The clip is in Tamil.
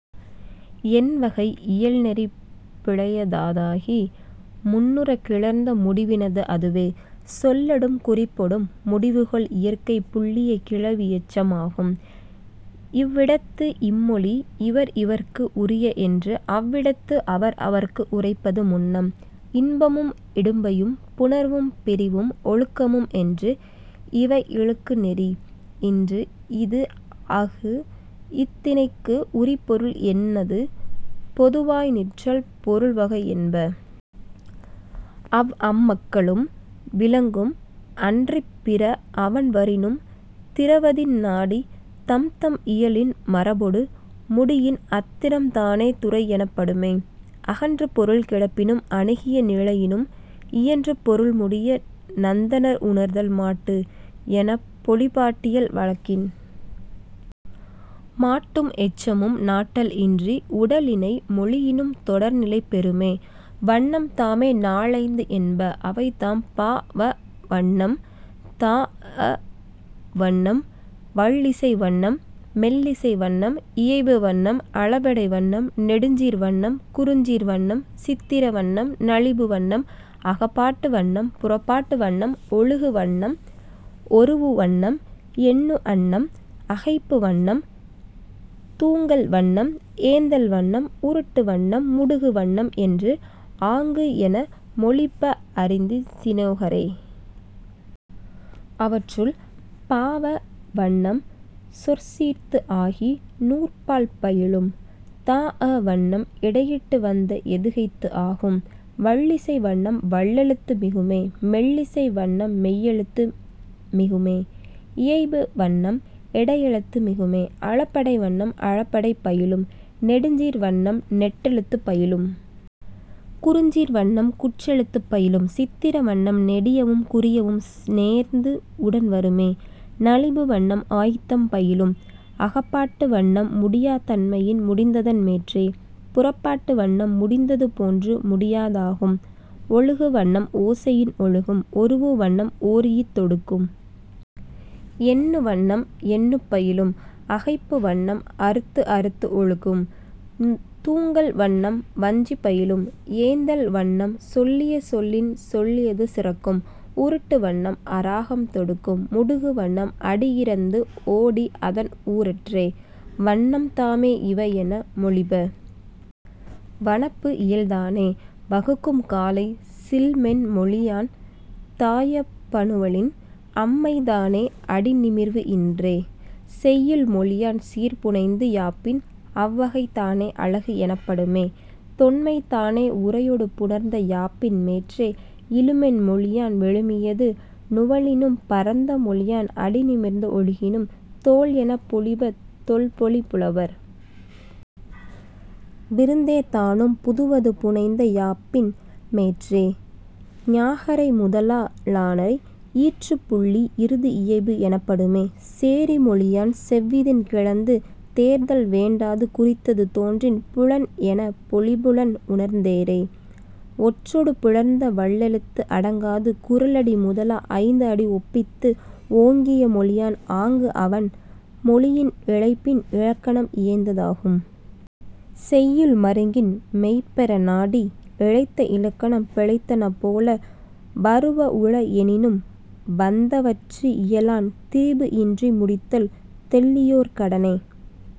எண் வகை இயல் நெறி பிழையாதாகி முன்னுறக் கிளந்த முடிவினது அதுவே. சொல்லொடும் குறிப்பொடும் முடிவு கொள் இயற்கை புல்லிய கிளவி எச்சம் ஆகும். இவ் இடத்து இம் மொழி இவர் இவர்க்கு உரிய என்று அவ் இடத்து அவர் அவர்க்கு உரைப்பது முன்னம். இன்பமும் இடும்பையும் புணர்வும் பிரிவும் ஒழுக்கமும் என்று இவை இழுக்கு நெறி இன்றி இது ஆகு இத் திணைக்கு உரிப் பொருள் என்னாது பொதுவாய் நிற்றல் பொருள் வகை என்ப. அவ் அம் மக்களும் விலங்கும் அன்றிப் பிற அவண் வரினும் திறவதின் நாடி தம்தம் இயலின் மரபொடு முடியின் அத் திறம்தானே துறை எனப்படுமே. அகன்று பொருள் கிடப்பினும் அணுகிய நிலையினும் இயன்று பொருள் முடிய தந்தனர் உணர்த்தல் மாட்டு என போழிப பாட்டியல் வழக்கின். மாட்டும் எச்சமும் நாட்டல் இன்றி உடனிலை மொழியினும் தொடர்நிலை பெறுமே. வண்ணம்தாமே நால் ஐந்து என்ப. அவைதாம், பாஅ வண்ணம் தாஅ வண்ணம் வல்லிசை வண்ணம் மெல்லிசை வண்ணம் இயைபு வண்ணம் அளபெடை வண்ணம் நெடுஞ்சீர் வண்ணம் குறுஞ்சீர் வண்ணம் சித்திர வண்ணம் நலிபு வண்ணம் அகப்பாட்டு வண்ணம் புறப்பாட்டு வண்ணம் ஒழுகு வண்ணம் ஒரூஉ வண்ணம் எண்ணு வண்ணம் அகைப்பு வண்ணம் தூங்கல் வண்ணம் ஏந்தல் வண்ணம் உருட்டு வண்ணம் முடுகு வண்ணம் என்று ஆங்கு என மொழிப அறிந்திசினோகரே. அவற்றுள், பாஅ வண்ணம் சொற்சீர்த்து ஆகி நூற்பால் பயிலும். தாஅ வண்ணம் இடையிட்டு வந்த எதுகைத்து ஆகும். வல்லிசை வண்ணம் வல்லெழுத்து மிகுமே. மெல்லிசை வண்ணம் மெல்லெழுத்து மிகுமே. இயைபு வண்ணம் இடையெழுத்து மிகுமே. அளபெடை வண்ணம் அளபெடை பயிலும். நெடுஞ்சீர் வண்ணம் நெட்டெழுத்துப் பயிலும். குறுஞ்சீர் வண்ணம் குற்றெழுத்துப் பயிலும். சித்திர வண்ணம் நெடியவும் குறியவும் நேர்ந்து உடன் வருமே. நலிபு வண்ணம் ஆய்தம் பயிலும். அகப்பாட்டு வண்ணம் முடியாத் தன்மையின் முடிந்ததன் மேற்றே. புறப்பாட்டு வண்ணம் முடிந்தது போன்று முடியாதாகும். ஒழுகு வண்ணம் ஓசையின் ஒழுகும். ஒரூஉ வண்ணம் ஒரீஇத் தொடுக்கும். எண்ணு வண்ணம் எண்ணுப் பயிலும். அகைப்பு வண்ணம் அறுத்து அறுத்து ஒழுகும். தூங்கல் வண்ணம் வஞ்சி பயிலும். ஏந்தல் வண்ணம் சொல்லிய சொல்லின் சொல்லியது சிறக்கும். உருட்டு வண்ணம் அராகம் தொடுக்கும். முடுகு வண்ணம் அடி இறந்து ஓடி அதன் ஓரற்றே. வண்ணம்தாமே இவை என மொழிப. வனப்பு இயல்தானே வகுக்கும் காலை சில் மென் மொழியான் தாய பனுவலின் அம்மைதானே அடி நிமிர்வு இன்றே. செய்யுள் மொழியான் சீர் புனைந்து யாப்பின் அவ் வகைதானே அழகு எனப்படுமே. தொன்மைதானே உரையொடு புணர்ந்த யாப்பின் மேற்றே. இழுமென் மொழியான் விழுமியது நுவலினும் பரந்த மொழியான் அடி நிமிர்ந்து ஒழுகினும் தோல் என மொழிப தொல் மொழிப் புலவர். விருந்தேதானும் புதுவது புனைந்த யாப்பின் மேற்றே. ஞகாரை முதலா ளகாரை ஈற்றுப் புள்ளி இறுதி இயைபு எனப்படுமே. சேரி மொழியான் செவ்விதின் கிளந்து தேர்தல் வேண்டாது குறித்தது தோன்றின் புலன் என மொழிப புலன் உணர்ந்தோரே. ஒற்றொடு புணர்ந்த வல்லெழுத்து அடங்காது குறளடி முதலா ஐந்து அடி ஒப்பித்து ஓங்கிய மொழியான் ஆங்கு அவண் மொழியின் இழைபின் இலக்கணம் இயைந்ததாகும். செய்யுள் மருங்கின் மெய் பெற நாடி இழைத்த இலக்கணம் பிழைத்தன போல வருவ உள எனினும் வந்தவற்று இயலான் திரிபு இன்றி முடித்தல் தெள்ளியோர் கடனே..